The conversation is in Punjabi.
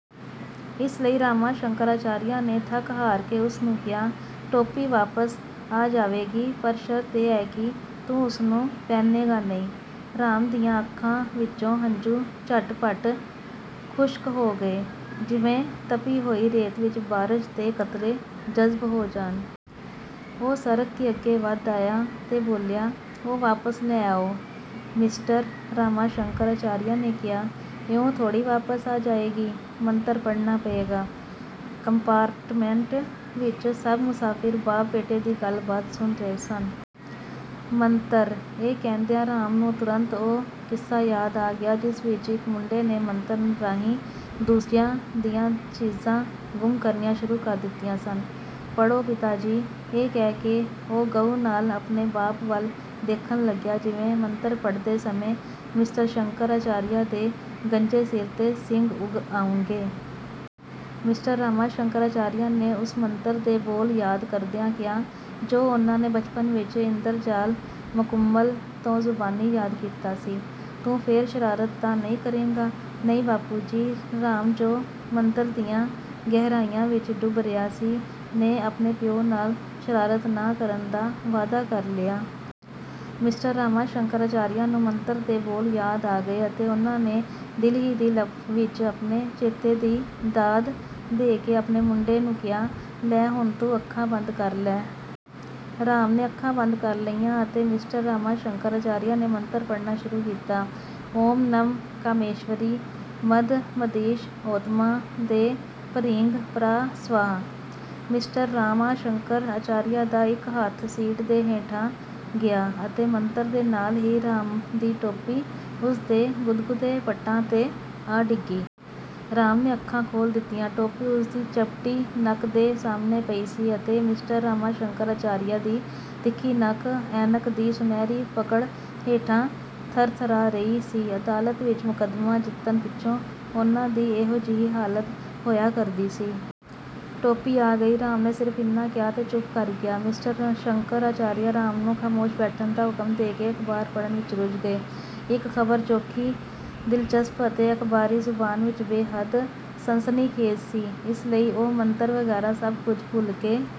ਇਸ ਲਈ ਰਾਮਾ ਸ਼ੰਕਰ ਅਚਾਰੀਆ ਨੇ ਥੱਕ ਹਾਰ ਕੇ ਉਸ ਨੂੰ ਕਿਹਾ, "ਟੋਪੀ ਵਾਪਸ ਆ ਜਾਵੇਗੀ ਪਰ ਸ਼ਰਤ ਇਹ ਹੈ ਕਿ ਤੂੰ ਉਸ ਨੂੰ ਪਹਿਨੇਂਗਾ ਨਹੀਂ " ਰਾਮ ਦੀਆਂ ਅੱਖਾਂ ਵਿਚੋਂ ਹੰਝੂ ਝੱਟ-ਪੱਟ ਖੁਸ਼ਕ ਹੋ ਗਏ ਜਿਵੇਂ ਤਪੀ ਹੋਈ ਰੇਤ ਵਿਚ ਬਾਰਸ਼ ਦੇ ਕਤਰੇ ਜਜ਼ਬ ਹੋ ਜਾਣ। ਉਹ ਸਰਕ ਕੇ ਅੱਗੇ ਵਧ ਆਇਆ ਤੇ ਬੋਲਿਆ, "ਉਹ ਵਾਪਸ ਲੈ ਆਓ। " ਮਿਸਟਰ ਰਾਮਾ ਸ਼ੰਕਰ ਅਚਾਰੀਆ ਨੇ ਕਿਹਾ, "ਇਉਂ ਥੋੜ੍ਹੀ ਵਾਪਸ ਆ ਜਾਵੇਗੀ, ਮੰਤਰ ਪੜ੍ਹਨਾ ਪਏਗਾ। " ਕੰਪਾਰਟਮੈਂਟ ਵਿਚ ਸਭ ਮੁਸਾਫਿਰ ਬਾਪ ਬੇਟੇ ਦੀ ਗੱਲਬਾਤ ਸੁਣ ਰਹੇ ਸਨ। "ਮੰਤਰ", ਇਹ ਕਹਿੰਦਿਆਂ ਰਾਮ ਨੂੰ ਤੁਰੰਤ ਉਹ ਕਿੱਸਾ ਯਾਦ ਆ ਗਿਆ ਜਿਸ ਵਿਚ ਇਕ ਮੁੰਡੇ ਨੇ ਮੰਤਰ ਰਾਹੀਂ ਦੂਜਿਆਂ ਦੀਆਂ ਚੀਜ਼ਾਂ ਗੁੰਮ ਕਰਨੀਆਂ ਸ਼ੁਰੂ ਕਰ ਦਿੱਤੀਆਂ ਸਨ। "ਪੜ੍ਹੋ ਪਿਤਾ ਜੀ", ਇਹ ਕਹਿ ਕੇ ਉਹ ਗਹੁ ਨਾਲ ਆਪਣੇ ਬਾਪ ਵੱਲ ਦੇਖਣ ਲੱਗਿਆ ਜਿਵੇਂ ਮੰਤਰ ਪੜ੍ਹਦੇ ਸਮੇਂ ਮਿਸਟਰ ਸ਼ੰਕਰ ਆਚਾਰੀਆ ਦੇ ਗੰਜੇ ਸਿਰ 'ਤੇ ਸਿੰਗ ਉਗ ਆਉਣਗੇ। ਮਿਸਟਰ ਰਾਮਾ ਸ਼ੰਕਰ ਆਚਾਰੀਆ ਨੇ ਉਸ ਮੰਤਰ ਦੇ ਬੋਲ ਯਾਦ ਕਰਦਿਆਂ ਕਿਹਾ ਜੋ ਉਨ੍ਹਾਂ ਨੇ ਬਚਪਨ ਵਿਚ 'ਇੰਦਰ ਜਾਲ ਮੁਕੰਮਲ' ਤੋਂ ਜ਼ੁਬਾਨੀ ਯਾਦ ਕੀਤਾ ਸੀ, "ਤੂੰ ਫੇਰ ਸ਼ਰਾਰਤ ਤਾਂ ਨਹੀਂ ਕਰੇਂਗਾ? " "ਨਹੀਂ ਬਾਪੂ ਜੀ", ਰਾਮ ਜੋ ਮੰਤਰ ਦੀਆਂ ਗਹਿਰਾਈਆਂ ਵਿਚ ਡੁੱਬ ਰਿਹਾ ਸੀ, ਨੇ ਆਪਣੇ ਪਿਉੁ ਨਾਲ ਸ਼ਰਾਰਤ ਨਾ ਕਰਨ ਦਾ ਵਾਅਦਾ ਕਰ ਲਿਆ। ਮਿਸਟਰ ਰਾਮਾ ਸ਼ੰਕਰ ਅਚਾਰੀਆ ਨੂੰ ਮੰਤਰ ਦੇ ਬੋਲ ਯਾਦ ਆ ਗਏ ਅਤੇ ਉਨ੍ਹਾਂ ਨੇ ਦਿਲ ਹੀ ਦਿਲ ਵਿਚ ਆਪਣੇ ਚੇਤੇ ਦੀ ਦਾਦ ਦੇ ਕੇ ਆਪਣੇ ਮੁੰਡੇ ਨੂੰ ਕਿਹਾ, "ਲੈ ਹੁਣ ਤੂੰ ਅੱਖਾਂ ਬੰਦ ਕਰ ਲੈ। " ਰਾਮ ਨੇ ਅੱਖਾਂ ਬੰਦ ਕਰ ਲਈਆਂ ਅਤੇ ਮਿਸਟਰ ਰਾਮਾ ਸ਼ੰਕਰ ਅਚਾਰੀਆ ਨੇ ਮੰਤਰ ਪੜ੍ਹਨਾ ਸ਼ੁਰੂ ਕੀਤਾ। "ਓਮ ਨਮਾ ਕਾਮੇਸ਼ਵਰੀ ਮਦ ਮਦੀਸ਼ ਓਤਮਾ ਦੇ ਭਰੀਂਗ ਪਰਾ ਸਵਾਹ", ਮਿਸਟਰ ਰਾਮਾ ਸ਼ੰਕਰ ਅਚਾਰੀਆ ਦਾ ਇਕ ਹੱਥ ਸੀਟ ਦੇ ਹੇਠਾਂ ਗਿਆ ਅਤੇ 'ਮੰਤਰ' ਦੇ ਨਾਲ ਹੀ ਰਾਮ ਦੀ ਟੋਪੀ ਉਸ ਦੇ ਗੁਦਗੁਦੇ ਪੱਟਾਂ 'ਤੇ ਆ ਡਿੱਗੀ। ਰਾਮ ਨੇ ਅੱਖਾਂ ਖੋਲ੍ਹ ਦਿੱਤੀਆਂ। ਟੋਪੀ ਉਸ ਦੀ ਚਪਟੀ ਨੱਕ ਦੇ ਸਾਹਮਣੇ ਪਈ ਸੀ ਅਤੇ ਮਿਸਟਰ ਰਾਮਾ ਸ਼ੰਕਰ ਅਚਾਰੀਆ ਦੀ ਤਿੱਖੀ ਨੱਕ ਐਨਕ ਦੀ ਸੁਨਹਿਰੀ ਪਕੜ ਹੇਠਾਂ ਥਰਥਰਾ ਰਹੀ ਸੀ। ਅਦਾਲਤ ਵਿਚ ਮੁਕੱਦਮਾ ਜਿੱਤਣ ਪਿੱਛੋਂ ਉਨ੍ਹਾਂ ਦੀ ਇਹੋ ਜਿਹੀ ਹਾਲਤ ਹੋਇਆ ਕਰਦੀ ਸੀ। "ਟੋਪੀ ਆ ਗਈ", ਰਾਮ ਨੇ ਸਿਰਫ ਇੰਨਾ ਕਿਹਾ ਤੇ ਚੁੱਪ ਕਰ ਗਿਆ। ਮਿਸਟਰ ਸ਼ੰਕਰ ਅਚਾਰੀਆ ਰਾਮ ਨੂੰ ਖਾਮੋਸ਼ ਬੈਠਣ ਦਾ ਹੁਕਮ ਦੇ ਕੇ ਅਖਬਾਰ ਪੜ੍ਹਨ ਵਿਚ ਰੁੱਝ ਗਏ। ਇਕ ਖਬਰ ਚੋਖੀ ਦਿਲਚਸਪ ਅਤੇ ਅਖਬਾਰੀ ਜ਼ੁਬਾਨ ਵਿਚ ਬੇਹੱਦ ਸਨਸਨੀਖੇਜ਼ ਸੀ। ਇਸ ਲਈ ਉਹ ਮੰਤਰ ਵਗੈਰਾ ਸਭ ਕੁਝ ਭੁੱਲ ਕੇ